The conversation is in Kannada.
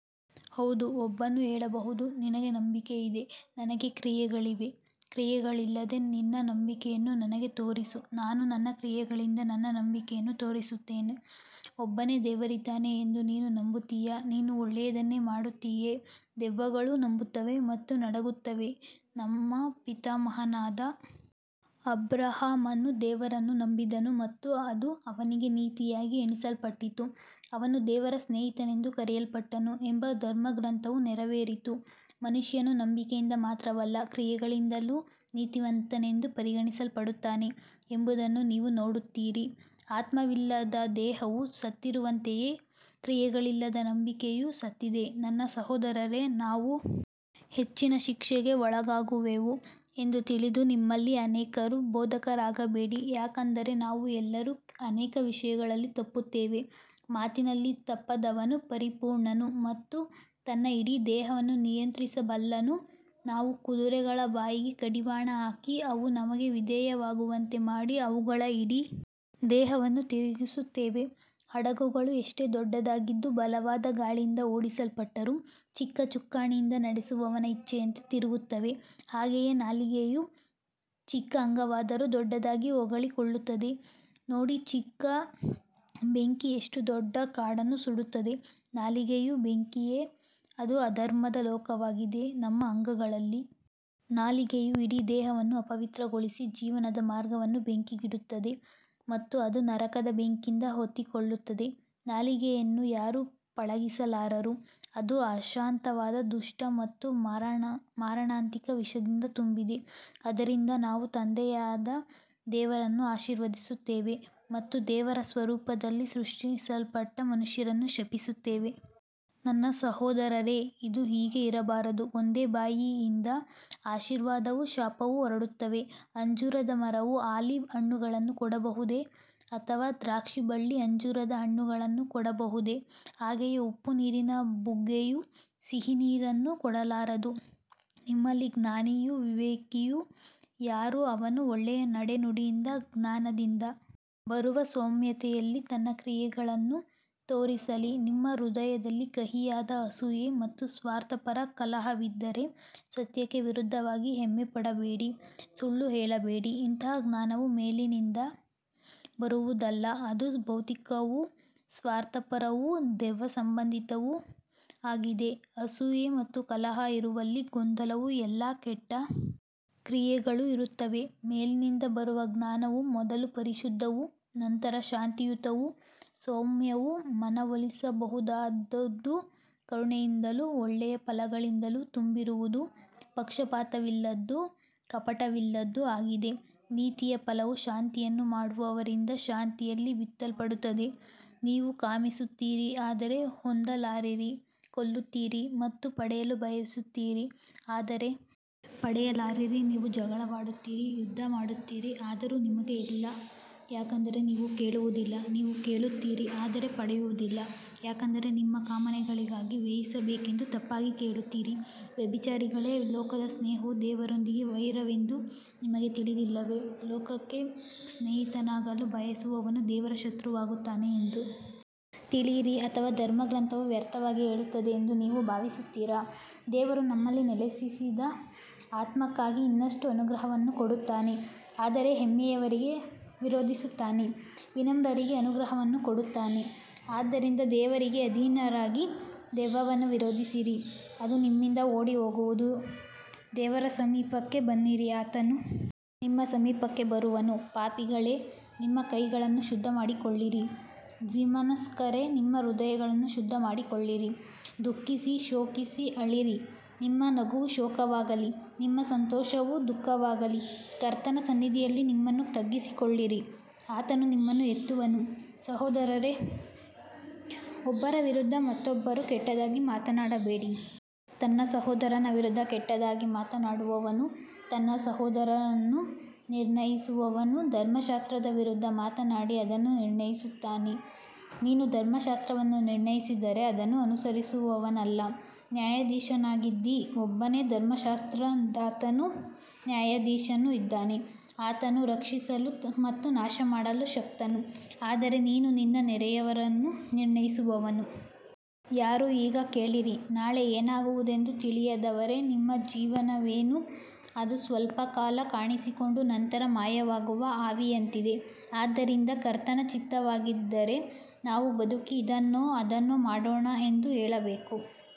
ಹೌದು ಒಬ್ಬನು ಹೇಳಬಹುದು ನಿನಗೆ ನಂಬಿಕೆ ಇದೆ ನನಗೆ ಕ್ರಿಯೆಗಳಿವೆ ಕ್ರಿಯೆಗಳಿಲ್ಲದೆ ನಿನ್ನ ನಂಬಿಕೆಯನ್ನು ನನಗೆ ತೋರಿಸು ನಾನು ನನ್ನ ಕ್ರಿಯೆಗಳಿಂದ ನನ್ನ ನಂಬಿಕೆಯನ್ನು ತೋರಿಸುತ್ತೇನೆ ಒಬ್ಬನೇ ದೇವರಿದ್ದಾನೆ ಎಂದು ನೀನು ನಂಬುತ್ತೀಯಾ ನೀನು ಒಳ್ಳೆಯದನ್ನೇ ಮಾಡುತ್ತೀಯೆ ದೆವ್ವಗಳೂ ನಂಬುತ್ತವೆ ಮತ್ತು ನಡುಗುತ್ತವೆ ನಮ್ಮ ಪಿತಾಮಹನಾದ ಅಬ್ರಹಾಮನು ದೇವರನ್ನು ನಂಬಿದನು ಮತ್ತು ಅದು ಅವನಿಗೆ ನೀತಿಯಾಗಿ ಎಣಿಸಲ್ಪಟ್ಟಿತು ಅವನು ದೇವರ ಸ್ನೇಹಿತನೆಂದು ಕರೆಯಲ್ಪಟ್ಟನು ಎಂಬ ಧರ್ಮಗ್ರಂಥವು ನೆರವೇರಿತು ಮನುಷ್ಯನು ನಂಬಿಕೆಯಿಂದ ಮಾತ್ರವಲ್ಲ ಕ್ರಿಯೆಗಳಿಂದಲೂ ನೀತಿವಂತನೆಂದು ಪರಿಗಣಿಸಲ್ಪಡುತ್ತಾನೆ ಎಂಬುದನ್ನು ನೀವು ನೋಡುತ್ತೀರಿ ಆತ್ಮವಿಲ್ಲದ ದೇಹವು ಸತ್ತಿರುವಂತೆಯೇ ಕ್ರಿಯೆಗಳಿಲ್ಲದ ನಂಬಿಕೆಯೂ ಸತ್ತಿದೆ ನನ್ನ ಸಹೋದರರೇ ನಾವು ಹೆಚ್ಚಿನ ಶಿಕ್ಷೆಗೆ ಒಳಗಾಗುವೆವು ಎಂದು ತಿಳಿದು ನಿಮ್ಮಲ್ಲಿ ಅನೇಕರು ಬೋಧಕರಾಗಬೇಡಿ ಯಾಕಂದರೆ ನಾವು ಎಲ್ಲರೂ ಅನೇಕ ವಿಷಯಗಳಲ್ಲಿ ತಪ್ಪುತ್ತೇವೆ ಮಾತಿನಲ್ಲಿ ತಪ್ಪದವನು ಪರಿಪೂರ್ಣನು ಮತ್ತು ತನ್ನ ಇಡೀ ದೇಹವನ್ನು ನಿಯಂತ್ರಿಸಬಲ್ಲನು ನಾವು ಕುದುರೆಗಳ ಬಾಯಿಗೆ ಕಡಿವಾಣ ಹಾಕಿ ಅವು ನಮಗೆ ವಿಧೇಯವಾಗುವಂತೆ ಮಾಡಿ ಅವುಗಳ ಇಡೀ ದೇಹವನ್ನು ತಿರುಗಿಸುತ್ತೇವೆ ಹಡಗುಗಳು ಎಷ್ಟೇ ದೊಡ್ಡದಾಗಿದ್ದು ಬಲವಾದ ಗಾಳಿಯಿಂದ ಓಡಿಸಲ್ಪಟ್ಟರೂ ಚಿಕ್ಕ ಚುಕ್ಕಾಣಿಯಿಂದ ನಡೆಸುವವನ ಇಚ್ಛೆಯಂತೆ ತಿರುಗುತ್ತವೆ ಹಾಗೆಯೇ ನಾಲಿಗೆಯೂ ಚಿಕ್ಕ ಅಂಗವಾದರೂ ದೊಡ್ಡದಾಗಿ ಹೊಗಳಿಕೊಳ್ಳುತ್ತದೆ ನೋಡಿ ಚಿಕ್ಕ ಬೆಂಕಿ ಎಷ್ಟು ದೊಡ್ಡ ಕಾಡನ್ನು ಸುಡುತ್ತದೆ ನಾಲಿಗೆಯೂ ಬೆಂಕಿಯೇ ಅದು ಅಧರ್ಮದ ಲೋಕವಾಗಿದೆ ನಮ್ಮ ಅಂಗಗಳಲ್ಲಿ ನಾಲಿಗೆಯು ಇಡೀ ದೇಹವನ್ನು ಅಪವಿತ್ರಗೊಳಿಸಿ ಜೀವನದ ಮಾರ್ಗವನ್ನು ಬೆಂಕಿಗಿಡುತ್ತದೆ ಮತ್ತು ಅದು ನರಕದ ಬೆಂಕಿಯಿಂದ ಹೊತ್ತಿಕೊಳ್ಳುತ್ತದೆ ನಾಲಿಗೆಯನ್ನು ಯಾರೂ ಪಳಗಿಸಲಾರರು ಅದು ಅಶಾಂತವಾದ ದುಷ್ಟ ಮತ್ತು ಮಾರಣಾಂತಿಕ ವಿಷದಿಂದ ತುಂಬಿದೆ ಅದರಿಂದ ನಾವು ತಂದೆಯಾದ ದೇವರನ್ನು ಆಶೀರ್ವದಿಸುತ್ತೇವೆ ಮತ್ತು ದೇವರ ಸ್ವರೂಪದಲ್ಲಿ ಸೃಷ್ಟಿಸಲ್ಪಟ್ಟ ಮನುಷ್ಯರನ್ನು ಶಪಿಸುತ್ತೇವೆ ನನ್ನ ಸಹೋದರರೇ ಇದು ಹೀಗೆ ಇರಬಾರದು ಒಂದೇ ಬಾಯಿಯಿಂದ ಆಶೀರ್ವಾದವೂ ಶಾಪವೂ ಹೊರಡುತ್ತವೆ ಅಂಜೂರದ ಮರವು ಆಲಿವ್ ಹಣ್ಣುಗಳನ್ನು ಕೊಡಬಹುದೇ ಅಥವಾ ದ್ರಾಕ್ಷಿಬಳ್ಳಿ ಅಂಜೂರದ ಹಣ್ಣುಗಳನ್ನು ಕೊಡಬಹುದೇ ಹಾಗೆಯೇ ಉಪ್ಪುನೀರಿನ ಬುಗ್ಗೆಯು ಸಿಹಿನೀರನ್ನು ಕೊಡಲಾರದು ನಿಮ್ಮಲ್ಲಿ ಜ್ಞಾನಿಯೂ ವಿವೇಕಿಯೂ ಯಾರು ಅವನು ಒಳ್ಳೆಯ ನಡೆನುಡಿಯಿಂದ ಜ್ಞಾನದಿಂದ ಬರುವ ಸೌಮ್ಯತೆಯಲ್ಲಿ ತನ್ನ ಕ್ರಿಯೆಗಳನ್ನು ತೋರಿಸಲಿ ನಿಮ್ಮ ಹೃದಯದಲ್ಲಿ ಕಹಿಯಾದ ಅಸೂಯೆ ಮತ್ತು ಸ್ವಾರ್ಥಪರ ಕಲಹವಿದ್ದರೆ ಸತ್ಯಕ್ಕೆ ವಿರುದ್ಧವಾಗಿ ಹೆಮ್ಮೆಪಡಬೇಡಿ ಸುಳ್ಳು ಹೇಳಬೇಡಿ ಇಂತಹ ಜ್ಞಾನವು ಮೇಲಿನಿಂದ ಬರುವುದಲ್ಲ ಅದು ಭೌತಿಕವೂ ಸ್ವಾರ್ಥಪರವೂ ದೆವ್ವಸಂಬಂಧಿತವೂ ಆಗಿದೆ ಅಸೂಯೆ ಮತ್ತು ಕಲಹ ಇರುವಲ್ಲಿ ಗೊಂದಲವೂ ಎಲ್ಲಾ ಕೆಟ್ಟ ಕ್ರಿಯೆಗಳೂ ಇರುತ್ತವೆ ಮೇಲಿನಿಂದ ಬರುವ ಜ್ಞಾನವು ಮೊದಲು ಪರಿಶುದ್ಧವೂ ನಂತರ ಶಾಂತಿಯುತವೂ ಸೌಮ್ಯವೂ ಮನವೊಲಿಸಬಹುದಾದದ್ದೂ ಕರುಣೆಯಿಂದಲೂ ಒಳ್ಳೆಯ ಫಲಗಳಿಂದಲೂ ತುಂಬಿರುವುದೂ ಪಕ್ಷಪಾತವಿಲ್ಲದ್ದೂ ಕಪಟವಿಲ್ಲದ್ದೂ ಆಗಿದೆ ನೀತಿಯ ಫಲವು ಶಾಂತಿಯನ್ನು ಮಾಡುವವರಿಂದ ಶಾಂತಿಯಲ್ಲಿ ಬಿತ್ತಲ್ಪಡುತ್ತದೆ ನೀವು ಕಾಮಿಸುತ್ತೀರಿ ಆದರೆ ಹೊಂದಲಾರಿರಿ ಕೊಲ್ಲುತ್ತೀರಿ ಮತ್ತು ಪಡೆಯಲು ಬಯಸುತ್ತೀರಿ ಆದರೆ ಪಡೆಯಲಾರಿರಿ ನೀವು ಜಗಳವಾಡುತ್ತೀರಿ ಯುದ್ಧಮಾಡುತ್ತೀರಿ ಆದರೂ ನಿಮಗೆ ಇಲ್ಲ ಯಾಕಂದರೆ ನೀವು ಕೇಳುವುದಿಲ್ಲ ನೀವು ಕೇಳುತ್ತೀರಿ ಆದರೆ ಪಡೆಯುವುದಿಲ್ಲ ಯಾಕಂದರೆ ನಿಮ್ಮ ಕಾಮನೆಗಳಿಗಾಗಿ ವ್ಯಯಿಸಬೇಕೆಂದು ತಪ್ಪಾಗಿ ಕೇಳುತ್ತೀರಿ ವ್ಯಭಿಚಾರಿಗಳೇ ಲೋಕದ ಸ್ನೇಹವು ದೇವರೊಂದಿಗೆ ವೈರವೆಂದು ನಿಮಗೆ ತಿಳಿದಿಲ್ಲವೇ ಲೋಕಕ್ಕೆ ಸ್ನೇಹಿತನಾಗಲು ಬಯಸುವವನು ದೇವರ ಶತ್ರುವಾಗುತ್ತಾನೆ ಎಂದು ತಿಳಿಯಿರಿ ಅಥವಾ ಧರ್ಮಗ್ರಂಥವು ವ್ಯರ್ಥವಾಗಿ ಹೇಳುತ್ತದೆ ಎಂದು ನೀವು ಭಾವಿಸುತ್ತೀರಾ ದೇವರು ನಮ್ಮಲ್ಲಿ ನೆಲೆಸಿಸಿದ ಆತ್ಮಕ್ಕಾಗಿ ಇನ್ನಷ್ಟು ಅನುಗ್ರಹವನ್ನು ಕೊಡುತ್ತಾನೆ ಆದರೆ ಹೆಮ್ಮೆಯವರಿಗೆ ವಿರೋಧಿಸುತ್ತಾನೆ ವಿನಮ್ರರಿಗೆ ಅನುಗ್ರಹವನ್ನು ಕೊಡುತ್ತಾನೆ ಆದ್ದರಿಂದ ದೇವರಿಗೆ ಅಧೀನರಾಗಿರಿ ದೆವ್ವವನ್ನು ವಿರೋಧಿಸಿರಿ ಅದು ನಿಮ್ಮಿಂದ ಓಡಿಹೋಗುವುದು ದೇವರ ಸಮೀಪಕ್ಕೆ ಬನ್ನಿರಿ ಆತನು ನಿಮ್ಮ ಸಮೀಪಕ್ಕೆ ಬರುವನು ಪಾಪಿಗಳೇ ನಿಮ್ಮ ಕೈಗಳನ್ನು ಶುದ್ಧಮಾಡಿಕೊಳ್ಳಿರಿ ದ್ವಿಮನಸ್ಕರೇ ನಿಮ್ಮ ಹೃದಯಗಳನ್ನು ಶುದ್ಧಮಾಡಿಕೊಳ್ಳಿರಿ ದುಃಖಿಸಿ ಶೋಕಿಸಿ ಅಳಿರಿ ನಿಮ್ಮ ನಗುವು ಶೋಕವಾಗಲಿ ನಿಮ್ಮ ಸಂತೋಷವು ದುಃಖವಾಗಲಿ ಕರ್ತನ ಸನ್ನಿಧಿಯಲ್ಲಿ ನಿಮ್ಮನ್ನು ತಗ್ಗಿಸಿಕೊಳ್ಳಿರಿ ಆತನು ನಿಮ್ಮನ್ನು ಎತ್ತುವನು ಸಹೋದರರೇ ಒಬ್ಬರ ವಿರುದ್ಧ ಮತ್ತೊಬ್ಬರು ಕೆಟ್ಟದಾಗಿ ಮಾತನಾಡಬೇಡಿ ತನ್ನ ಸಹೋದರನ ವಿರುದ್ಧ ಕೆಟ್ಟದಾಗಿ ಮಾತನಾಡುವವನೂ ತನ್ನ ಸಹೋದರನನ್ನು ನಿರ್ಣಯಿಸುವವನೂ ಧರ್ಮಶಾಸ್ತ್ರದ ವಿರುದ್ಧ ಮಾತನಾಡಿ ಅದನ್ನು ನಿರ್ಣಯಿಸುತ್ತಾನೆ ನೀನು ಧರ್ಮಶಾಸ್ತ್ರವನ್ನು ನಿರ್ಣಯಿಸಿದರೆ ಅದನ್ನು ಅನುಸರಿಸುವವನಲ್ಲ ನ್ಯಾಯಾಧೀಶನಾಗಿದ್ದೀ ಒಬ್ಬನೇ ಧರ್ಮಶಾಸ್ತ್ರದಾತನೂ ನ್ಯಾಯಾಧೀಶನೂ ಇದ್ದಾನೆ ಆತನು ರಕ್ಷಿಸಲು ಮತ್ತು ನಾಶಮಾಡಲು ಶಕ್ತನು ಆದರೆ ನೀನು ನಿನ್ನ ನೆರೆಯವನನ್ನು ನಿರ್ಣಯಿಸುವವನು ಯಾರು ಈಗ ಕೇಳಿರಿ ನಾಳೆ ಏನಾಗುವುದೆಂದು ತಿಳಿಯದವರೇ ನಿಮ್ಮ ಜೀವನವೇನು ಅದು ಸ್ವಲ್ಪಕಾಲ ಕಾಣಿಸಿಕೊಂಡು ನಂತರ ಮಾಯವಾಗುವ ಆವಿಯಂತಿದೆ ಆದ್ದರಿಂದ ಕರ್ತನ ಚಿತ್ತವಾಗಿದ್ದರೆ ನಾವು ಬದುಕಿ ಇದನ್ನೋ ಅದನ್ನೋ ಮಾಡೋಣ ಎಂದು ಹೇಳಬೇಕು